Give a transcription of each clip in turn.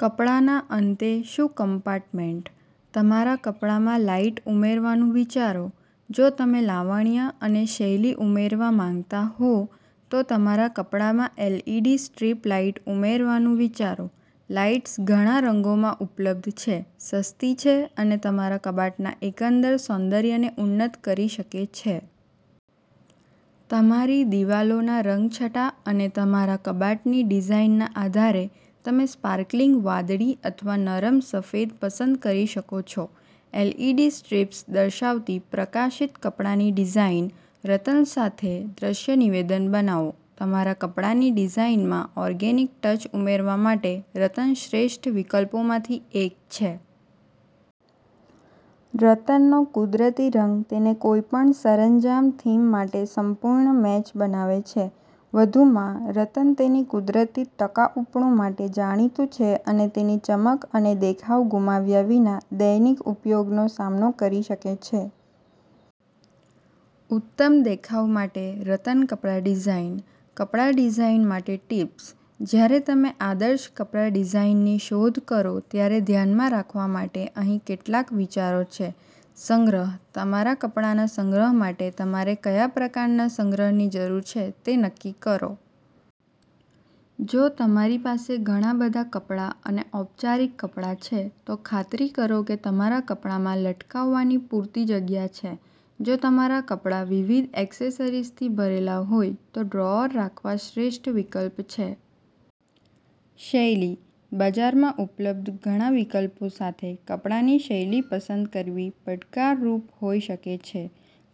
કપડાના અંતે shoe compartment. તમારા કપડામાં લાઇટ ઉમેરવાનું વિચારો. જો તમે લાવણ્ય અને શૈલી ઉમેરવા માંગતા હો, તો તમારા કપડામાં એલઇડી સ્ટ્રીપ લાઇટ ઉમેરવાનું વિચારો. લાઇટ્સ ઘણા રંગોમાં ઉપલબ્ધ છે, સસ્તી છે અને તમારા કબાટના એકંદર સૌંદર્યને ઉન્નત કરી શકે છે. તમારી દિવાલોના રંગછટા અને તમારા કબાટની ડિઝાઇનના આધારે, તમે સ્પાર્કલિંગ વાદળી અથવા નરમ સફેદ પસંદ કરી શકો છો. એલઇડી સ્ટ્રીપ્સ દર્શાવતી પ્રકાશિત કપડાની ડિઝાઇન. રતન સાથે દ્રશ્ય નિવેદન બનાવો. તમારા કપડાની ડિઝાઇનમાં ઓર્ગેનિક ટચ ઉમેરવા માટે રતન શ્રેષ્ઠ વિકલ્પોમાંથી એક છે. રતનનો કુદરતી રંગ તેને કોઈપણ સરંજામ થીમ માટે સંપૂર્ણ મેચ બનાવે છે. વધુમાં, રતન તેની કુદરતી ટકાઉપણું માટે જાણીતું છે અને તેની ચમક અને દેખાવ ગુમાવ્યા વિના દૈનિક ઉપયોગનો સામનો કરી શકે છે. ઉત્તમ દેખાવ માટે રતન કપડા ડિઝાઇન. કપડા ડિઝાઇન માટે ટિપ્સ. જ્યારે તમે આદર્શ કપડા ડિઝાઇનની શોધ કરો ત્યારે ધ્યાનમાં રાખવા માટે અહીં કેટલાક વિચારો છે. સંગ્રહ. તમારા કપડાંના સંગ્રહ માટે તમારે કયા પ્રકારના સંગ્રહની જરૂર છે તે નક્કી કરો. જો તમારી પાસે ઘણાં બધાં કપડાં અને ઔપચારિક કપડાં છે, તો ખાતરી કરો કે તમારા કપડામાં લટકાવવાની પૂરતી જગ્યા છે. જો તમારા કપડા વિવિધ એક્સેસરીઝથી ભરેલા હોય, તો ડ્રોઅર રાખવા શ્રેષ્ઠ વિકલ્પ છે. શૈલી. બજારમાં ઉપલબ્ધ ઘણા વિકલ્પો સાથે કપડાની શૈલી પસંદ કરવી પડકારરૂપ હોઈ શકે છે.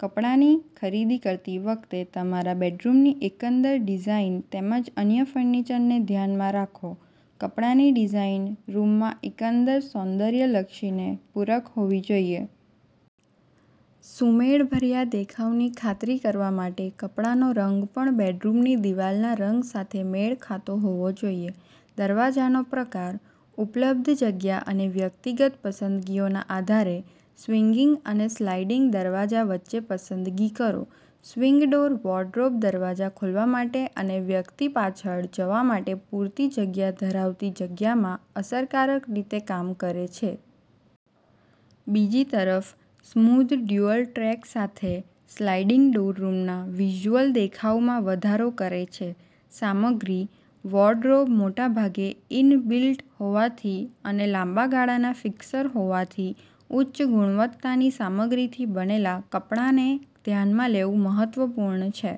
કપડાની ખરીદી કરતી વખતે તમારા બેડરૂમની એકંદર ડિઝાઇન તેમજ અન્ય ફર્નિચરને ધ્યાનમાં રાખો. કપડાની ડિઝાઇન રૂમના એકંદર સૌંદર્યલક્ષીને પૂરક હોવી જોઈએ. સુમેળભર્યા દેખાવની ખાતરી કરવા માટે કપડાનો રંગ પણ બેડરૂમની દિવાલના રંગ સાથે મેળ ખાતો હોવો જોઈએ. દરવાજાનો પ્રકાર. ઉપલબ્ધ જગ્યા અને વ્યક્તિગત પસંદગીઓના આધારે, સ્વિંગિંગ અને સ્લાઇડિંગ દરવાજા વચ્ચે પસંદગી કરો. સ્વિંગ ડોર વોર્ડરોબ દરવાજા ખોલવા માટે અને વ્યક્તિ પાછળ જવા માટે પૂરતી જગ્યા ધરાવતી જગ્યામાં અસરકારક રીતે કામ કરે છે. બીજી તરફ, સ્મૂધ ડ્યુઅલ ટ્રેક સાથે સ્લાઇડિંગ ડોર રૂમના વિઝ્યુઅલ દેખાવમાં વધારો કરે છે. સામગ્રી. વોર્ડરોબ મોટાભાગે ઇન-બિલ્ટ હોવાથી અને લાંબા ગાળાના ફિક્સર હોવાથી, ઉચ્ચ ગુણવત્તાની સામગ્રીથી બનેલા કપડાને ધ્યાનમાં લેવું મહત્વપૂર્ણ છે.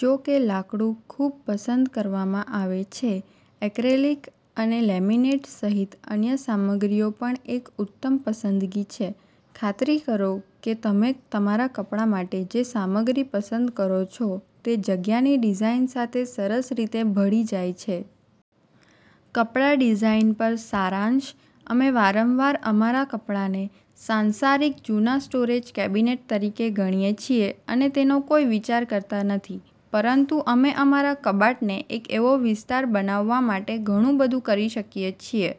જો કે લાકડું ખૂબ પસંદ કરવામાં આવે છે, એક્રેલિક અને લેમિનેટ સહિત અન્ય સામગ્રીઓ પણ એક ઉત્તમ પસંદગી છે. ખાતરી કરો કે તમે તમારા કપડા માટે જે સામગ્રી પસંદ કરો છો તે જગ્યાની ડિઝાઇન સાથે સરસ રીતે ભળી જાય છે. કપડા ડિઝાઇન પર સારાંશ. અમે વારંવાર અમારા કપડાને સાંસારિક જૂના સ્ટોરેજ કેબિનેટ તરીકે ગણીએ છીએ અને તેનો કોઈ વિચાર કરતા નથી. પરંતુ અમે અમારા કબાટને એક એવો વિસ્તાર બનાવવા માટે ઘણું બધું કરી શકીએ છીએ.